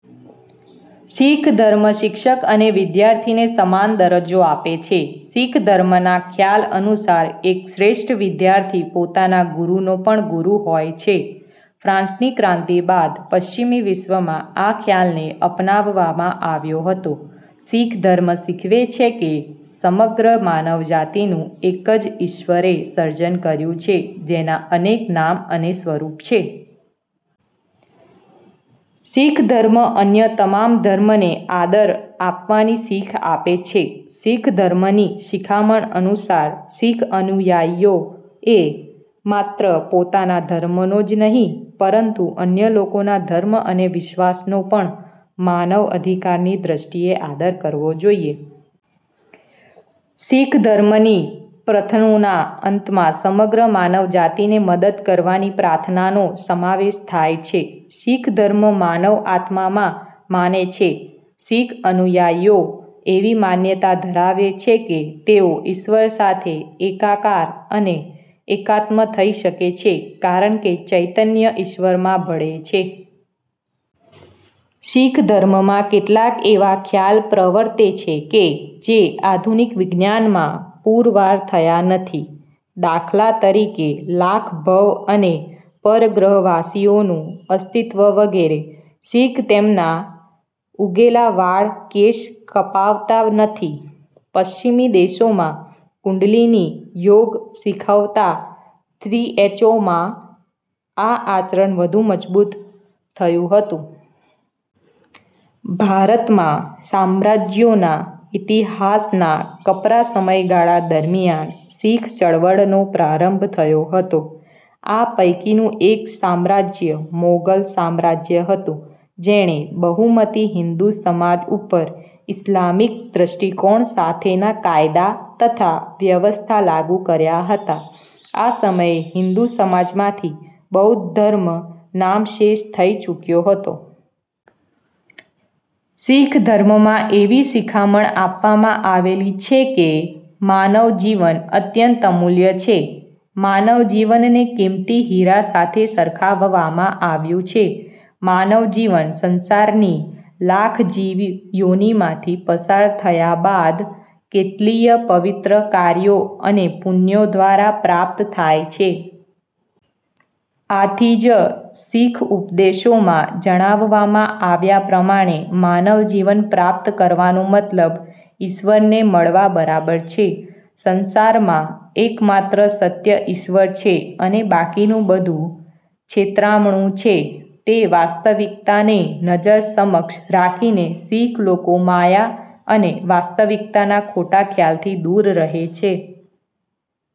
શીખ ધર્મ શિક્ષક અને વિદ્યાર્થીને સમાન દરજ્જો આપે છે. શીખ ધર્મના ખ્યાલ અનુસાર, એક શ્રેષ્ઠ વિદ્યાર્થી પોતાના ગુરૂનો પણ ગુરૂ હોય છે. ફ્રાન્સની ક્રાંતિ બાદ પશ્ચિમી વિશ્વમાં આ ખ્યાલને અપનાવવામાં આવ્યો હતો.। શીખ ધર્મ શીખવે છે કે સમગ્ર માનવજાતિનું એક જ ઈશ્વરે સર્જન કર્યું છે, જેના અનેક નામ અને સ્વરૂપ છે. શીખ ધર્મ અન્ય તમામ ધર્મ ને આદર આપવાની શીખ આપે છે. શીખ ધર્મની શિખામણ અનુસાર, શીખ અનુયાયીઓએ માત્ર પોતાના ધર્મનો જ નહિ, પરંતુ અન્ય લોકોના ધર્મ અને વિશ્વાસનો પણ માનવ અધિકારની દ્વષ્ટિએ આદર કરવો જોઈએ. શીખ ધર્મની પ્રર્થ્નોના અંતમાં સમગ્ર માનવજાતિને મદદ કરવાની પ્રાર્થનાનો સમાવેશ થાય છે. શીખ ધર્મ માનવ આત્મા માં માને છે. શીખ અનુયાયીઓ એવી માન્યતા ધરાવે છે કે તેઓ ઈશ્વર સાથે એકાકાર અને એકાત્મ થઇ શકે છે કારણકે ચૈતન્ય ઇશ્વર માં ભળે છે. શીખ ધર્મમાં કેટલાક એવા ખ્યાલ પ્રવર્તે છે કે જે આધુનિક વિજ્ઞાનમાં પૂરવાર થયા નથી. દાખલા તરીકે લાખ ભવ અને પરગ્રહવાસીઓનું અસ્તિત્વ વગેરે. શીખ તેમના ઉગેલા વાળ કેશ કપાવતા નથી. પશ્ચિમી દેશોમાં કુંડલિની યોગ શીખવતા થ્રીએચઓમાં આ આચરણ વધુ મજબૂત થયું હતું. ભારતમાં સામ્રાજ્યોના ઇતિહાસના કપરાં સમયગાળા દરમિયાન શીખ ચળવળનો પ્રારંભ થયો હતો. આ પૈકીનું એક સામ્રાજ્ય મોગલ સામ્રાજ્ય હતું જેણે બહુમતી હિંદુ સમાજ ઉપર ઈસ્લામિક દ્વષ્ટિકોણ સાથેના કાયદા તથા વ્યવસ્થા લાગુ કર્યા હતા. આ સમયે હિંદુ સમાજમાંથી બૌદ્ધ ધર્મ નામશેષ થઈ ચૂક્યો હતો. શીખ ધર્મમાં એવી શીખામણ આપવામાં આવેલી છે કે માનવ જીવન અત્યંત અમૂલ્ય છે. માનવ જીવનને કિંમતી હિરા સાથે સરખાવવામાં આવ્યું છે. માનવ જીવન સંસારની લાખ જીવ યોનિમાંથી પસાર થયા બાદ કેટલીય પવિત્ર કાર્યો અને પુણ્યો દ્વારા પ્રાપ્ત થાય છે. આથી જ, શીખ ઉપદેશોમાં જણાવવામાં આવ્યા પ્રમાણે માનવ જીવન પ્રાપ્ત કરવાનો મતલબ ઈશ્વરને મળવા બરાબર છે. સંસારમાં એકમાત્ર સત્ય ઈશ્વર છે અને બાકીનું બધું છેતરામણું છે તે વાસ્તવિકતાને નજર સમક્ષ રાખીને શીખ લોકો માયા અને વાસ્તવિકતાના ખોટાં ખ્યાલથી દૂર રહે છે.